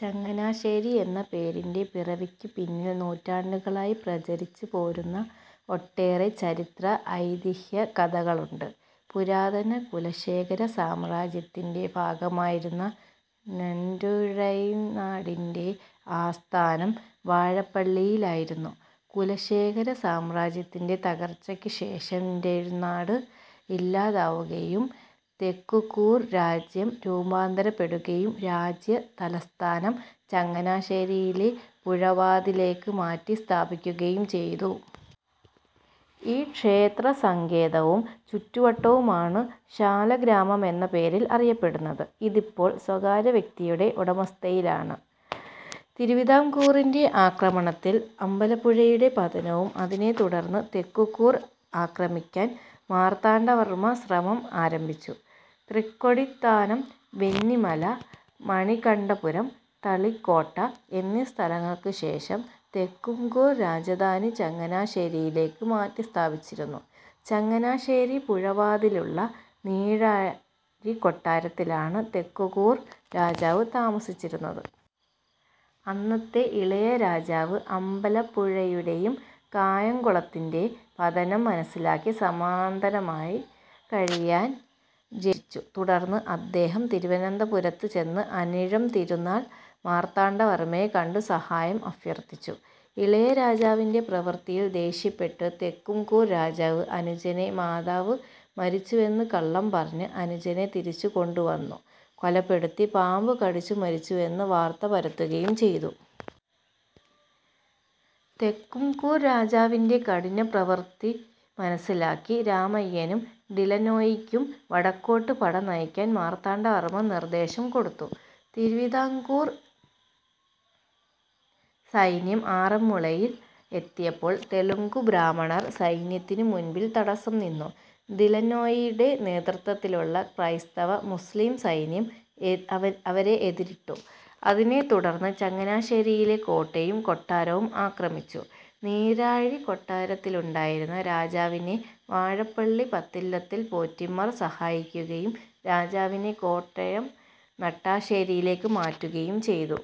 ചങ്ങനാശ്ശേരി എന്ന പേരിൻറെ പിറവിക്കു പിന്നിൽ നൂറ്റാണ്ടുകളായി പ്രചരിച്ചു പോരുന്ന ഒട്ടേറെ ചരിത്ര, ഐതിഹ്യ കഥകളുണ്ട്. പുരാതന കുലശേഖര സാമ്രാജ്യത്തിന്റെ ഭാഗമായിരുന്ന നന്റുഴൈനാടിന്റെ ആസ്ഥാനം വാഴപ്പള്ളിയിലായിരുന്നു. കുലശേഖര സാമ്രാജ്യത്തിന്റെ തകർച്ചക്ക് ശേഷം ന്റെഴുനാട് ഇല്ലാതാവുകയും തെക്കുകൂർ രാജ്യം രൂപാന്തരപ്പെടുകയും രാജ്യ തലസ്ഥാനം ചങ്ങനാശ്ശേരിയിലെ പുഴവാതിലേക്ക് മാറ്റി സ്ഥാപിക്കുകയും ചെയ്തു. ഈ ക്ഷേത്രസങ്കേതവും ചുറ്റുവട്ടവുമാണ് ശാലഗ്രാമമെന്നപേരിൽ അറിയപ്പെടുന്നത്. ഇതിപ്പോൾ സ്വകാര്യവ്യക്തിയുടെ ഉടമസ്ഥതയിലാണ്. തിരുവിതാംകൂറിന്റെ ആക്രമണത്തിൽ അമ്പലപ്പുഴയുടെ പതനവും അതിനെത്തുടർന്ന് തെക്കുംകൂർ ആക്രമിക്കാൻ മാർത്താണ്ഡവർമ്മ ശ്രമം ആരംഭിച്ചു. തൃക്കൊടിത്താനം, വെന്നിമല, മണികണ്ഠപുരം, തളിക്കോട്ട, എന്നിസ്ഥലങ്ങൾക്കുശേഷം തെക്കുംകൂർ രാജധാനി ചങ്ങനാശ്ശേരിയിലേക്ക് മാറ്റിസ്ഥാപിച്ചിരുന്നു. ചങ്ങനാശ്ശേരി പുഴവാതിലുള്ള നീരാഴിക്കൊട്ടാരത്തിലാണ് തെക്കുംകൂർ രാജാവ് താമസിച്ചിരുന്നത്. അന്നത്തെ ഇളയരാജാവ് അമ്പലപ്പുഴയുടേയും കായങ്കുളത്തിന്റെ പതനം മനസ്സിലാക്കി സാമന്തനായി കഴിയാൻ ജ്യേഷ്ഠനോട് ഉപദേശിച്ചു, തുടർന്ന് അദ്ദേഹം തിരുവനന്തപുരത്ത് ചെന്ന് അനിഴം തിരുനാൾ മാർത്താണ്ഡവർമ്മയെ കണ്ടു സഹായം അഭ്യർത്ഥിച്ചു. ഇളയരാജാവിന്റെ പ്രവൃത്തിയിൽ ദേഷ്യപ്പെട്ട് തെക്കുംകൂർ രാജാവ് അനുജനെ മാതാവ് മരിച്ചുവെന്ന് കള്ളം പറഞ്ഞ് അനുജനെ തിരിച്ചുകൊണ്ടുവന്നു കൊലപ്പെടുത്തി പാമ്പുകടിച്ചു മരിച്ചുവെന്ന് വാർത്ത പരത്തുകയും ചെയ്തു. തെക്കുംകൂർ രാജാവിന്റെ കഠിനപൃവർത്തു മനസ്സിലാക്കി രാമയ്യനും ഡിലനോയിക്കും വടക്കോട്ട് പടനയിക്കാൻ മാർത്താണ്ഡവർമ്മ നിർദ്ദേശം കൊടുത്തു. തിരുവിതാംകൂർ സൈന്യം ആറന്മുളയിൽ എത്തിയപ്പോൾ തെലുങ്കു ബ്രാഹ്മണർ സൈന്യത്തിനു മുൻപിൽ തടസ്സം നിന്നു. ഡിലനോയിയുടെ നേതൃത്തത്തിലുള്ള ക്രൈസ്തവ-മുസ്ലിം സൈന്യം അവരെ എതിരിട്ടു. അതിനെത്തുടന്ന് ചങ്ങനാശ്ശേരിയിലെ കോട്ടയും കൊട്ടാരവും ആക്രമിച്ചു. നീരാഴിക്കൊട്ടാരത്തിലുണ്ടായിരുന്ന രാജാവിനെ വാഴപ്പള്ളി പത്തില്ലത്തിൽ പോറ്റിമാർ സഹായിക്കുകയും രാജാവിനെ കോട്ടയം നട്ടാശ്ശേരിയിലേക്ക് മാറ്റുകയും ചെയ്തു.